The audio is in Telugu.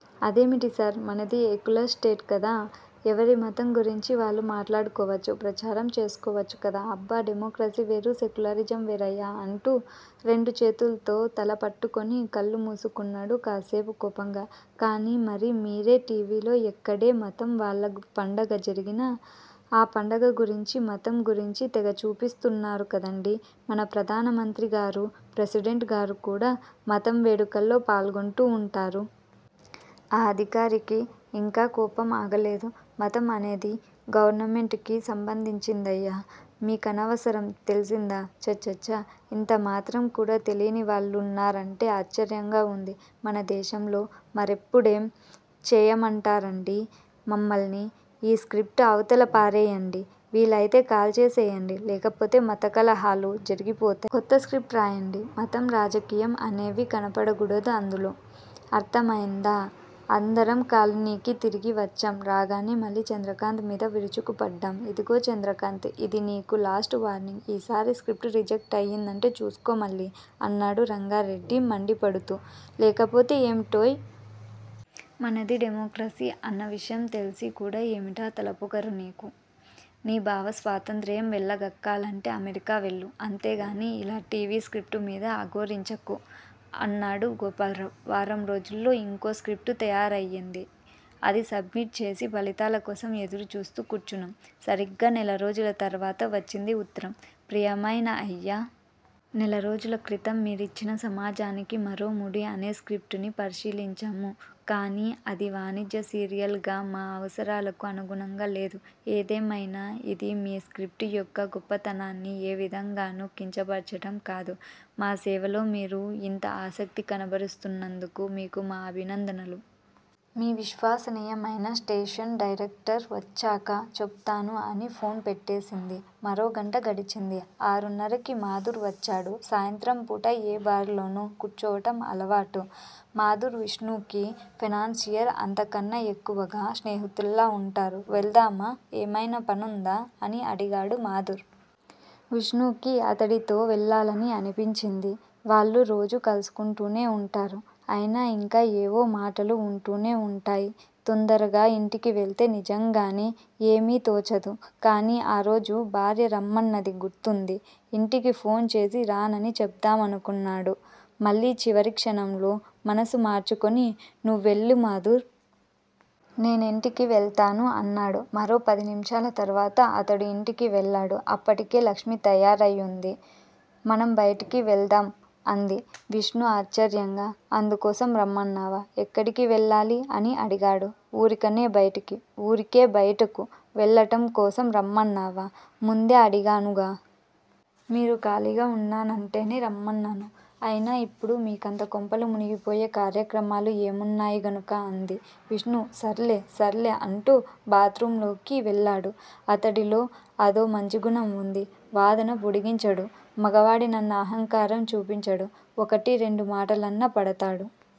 అదేమిటిసార్! మనది ఎక్యులర్ స్టేట్ కదా! ఎవరి మతం గురించి వాళ్ళు మాట్లాడుకోవచ్చు, ప్రచారం చేసుకోవచ్చు కదా! అబ్బా! డెమొక్రసీ వేరు- సెక్యులరిజం వేరయ్యా! అంటూ రెండు చేతుల్తో తల పట్టుకుని కళ్ళు మూసుకున్నాడు కాసేపు కోపంగా. కాని మరి మీరే టీవీలో ఎక్కడే మతం వాళ్ళ పండగ జరిగినా ఆ పండగ గురించీ, మతం గురించీ తెగ చూపిస్తున్నారు కదండీ' మన ప్రధానమంత్రి గారూ, ప్రెసిడెంట్ గారూ కూడా మతం వేడుకల్లో పాల్గొంటూ ఉంటారు! ఆ అధికారికి ఇంక కోపం ఆగలేదు. మతం అనేది గవర్నమెంట్ కి సంబంధించిందయ్యా! మీకనవసరం తెల్సిందా? ఛఛఛ! ఇంతమాత్రం కూడా తెలీనివాళ్ళున్నారంటే ఆశ్చర్యంగా ఉంది మన దేశంలో మరిప్పుడేం చేయమంటారండీ మమ్మల్ని? ఈ స్క్రిప్ట్ అవతల పారెయ్యండి! వీలయితే కాల్చేసేయండి. లేకపోతే మత కలహాలు జరిగిపోతాయ్! కొత్త స్క్రిప్ట్ రాయండి! మతం, రాజకీయం అనేవి కనబడకూడదందులో! అర్థమయిందా? అందరం కాలనీకి తిరిగి వచ్చాం! రాగానే మళ్ళీ చంద్రకాంత్ మీద విరుచుకుపడ్డాం. 'ఇదిగో చంద్రకాంత్! ఇది నీకు లాస్ట్ వార్నింగ్! ఈసారి స్క్రిప్ట్ రిజెక్ట్ అయ్యిందంటే చూస్కో మళ్ళీ- అన్నాడు రంగారెడ్డి మండిపడుతూ. లేకపోతే ఏమిటోయ్? మనది డెమొక్రసీ అన్న విషయం తెలిసి కూడా ఏమిటా తలపొగరు నీకు? నీ భావస్వాతంత్ర్యం వెళ్ళగక్కాలంటే అమెరికా వెళ్ళు! అంతేగానీ ఇలా టీవీ స్క్రిప్ట్ మీద అఘోరించకు! అన్నాడు గోపాల్రావ్. వారం రోజుల్లో ఇంకో స్క్రిప్ట్ తయారయింది. అది సబ్మిట్ చేసి ఫలితాల కోసం ఎదురుచూస్తూ కూర్చున్నాం- సరిగ్గా నెలరోజుల తర్వాత వచ్చింది ఉత్తరం- ప్రియమయిన అయ్యా! నెలరోజుల క్రితం మీరిచ్చిన సమాజానికి మరోముడి అనే స్క్రిప్ట్ ని పరిశీలించాము. కానీ అది వాణిజ్య సీరియల్ గా మా అవసరాలకు అనుగుణంగా లేదు. ఏదేమయినా ఇది మీ స్క్రిప్ట్ యొక్క గొప్పతనాన్ని ఏ విధంగానూ కించపరచటం కాదు. మా సేవలో మీరు ఇంత ఆసక్తి కనబరుస్తున్నందుకు మీకు మా అభినందనలు. మీ విశ్వాసనీయమయిన స్టేషన్ డైరెక్టర్। వచ్చాక చెపుతాను అని ఫోన్ పెట్టేసింది. మరోగంట గడిచింది. ఆరున్నరకి మాధుర్ వచ్చాడు. సాయంత్రంపూట ఏ బార్ లోనో కూర్చోవటం అలవాటు. మాధుర్ విష్ణుకి ఫైనాన్సియర్. అంతకన్నా ఎక్కువగా స్నేహితుల్లా వుంటారు. వెళ్దామా? ఏమయినా పనుందా? అని అడిగాడు మాధూర్. విష్ణుకి అతడితో వెళ్ళాలనే అనిపించింది. వాళ్ళు రోజూ కలుసుకుంటూనే వుంటారు. అయినా ఇంకా ఏవో మాటలు వుంటూనే వుంటాయి. తొందరగా ఇంటికివెళ్తే నిజంగానే ఏమీ తోచదు. కానీ ఆరోజు భార్య రమ్మన్నది గుర్తుంది. ఇంటికి ఫోన్ చేసి రానని చెప్దామనుకున్నాడు. మళ్ళీ చివరి క్షణంలో మనసు మార్చుకుని, నువ్వెళ్ళు మాధుర్. నేనింటికి వెళ్తాను అన్నాడు. మరో పదినిమిషాల తరువాత అతడు ఇంటికి వెళ్ళాడు. అప్పటికే లక్ష్మి తయారైవుంది. మనం బయటకి వెళ్దాం అంది. విష్ణు ఆశ్చర్యంగా. అందుకోసం రమ్మన్నావా? ఎక్కడికి వెళ్ళాలి? అని అడిగాడు. ఊరికనే బయటకి ఊరికే బయటకు వెళ్ళటం కోసం రమ్మన్నావా? ముందే అడిగానుగా. మీరు ఖాళీగా వున్నానంటేనే రమ్మన్నాను. అయినా ఇప్పుడు మీకంత కొంపలు మునిగిపోయే కార్యక్రమాలు ఏమున్నాయి గనుక? అంది. విష్ణు సర్లె. సర్లె అంటూ బాత్ రూమ్ లోకి వెళ్ళాడు. అతడిలో అదో మంచిగుణం వుంది. వాదన పొడిగించడు. మగవాడినన్న అహంకారం చూపించడు. ఒకటి రెండు మాటలన్నా పడతాడు.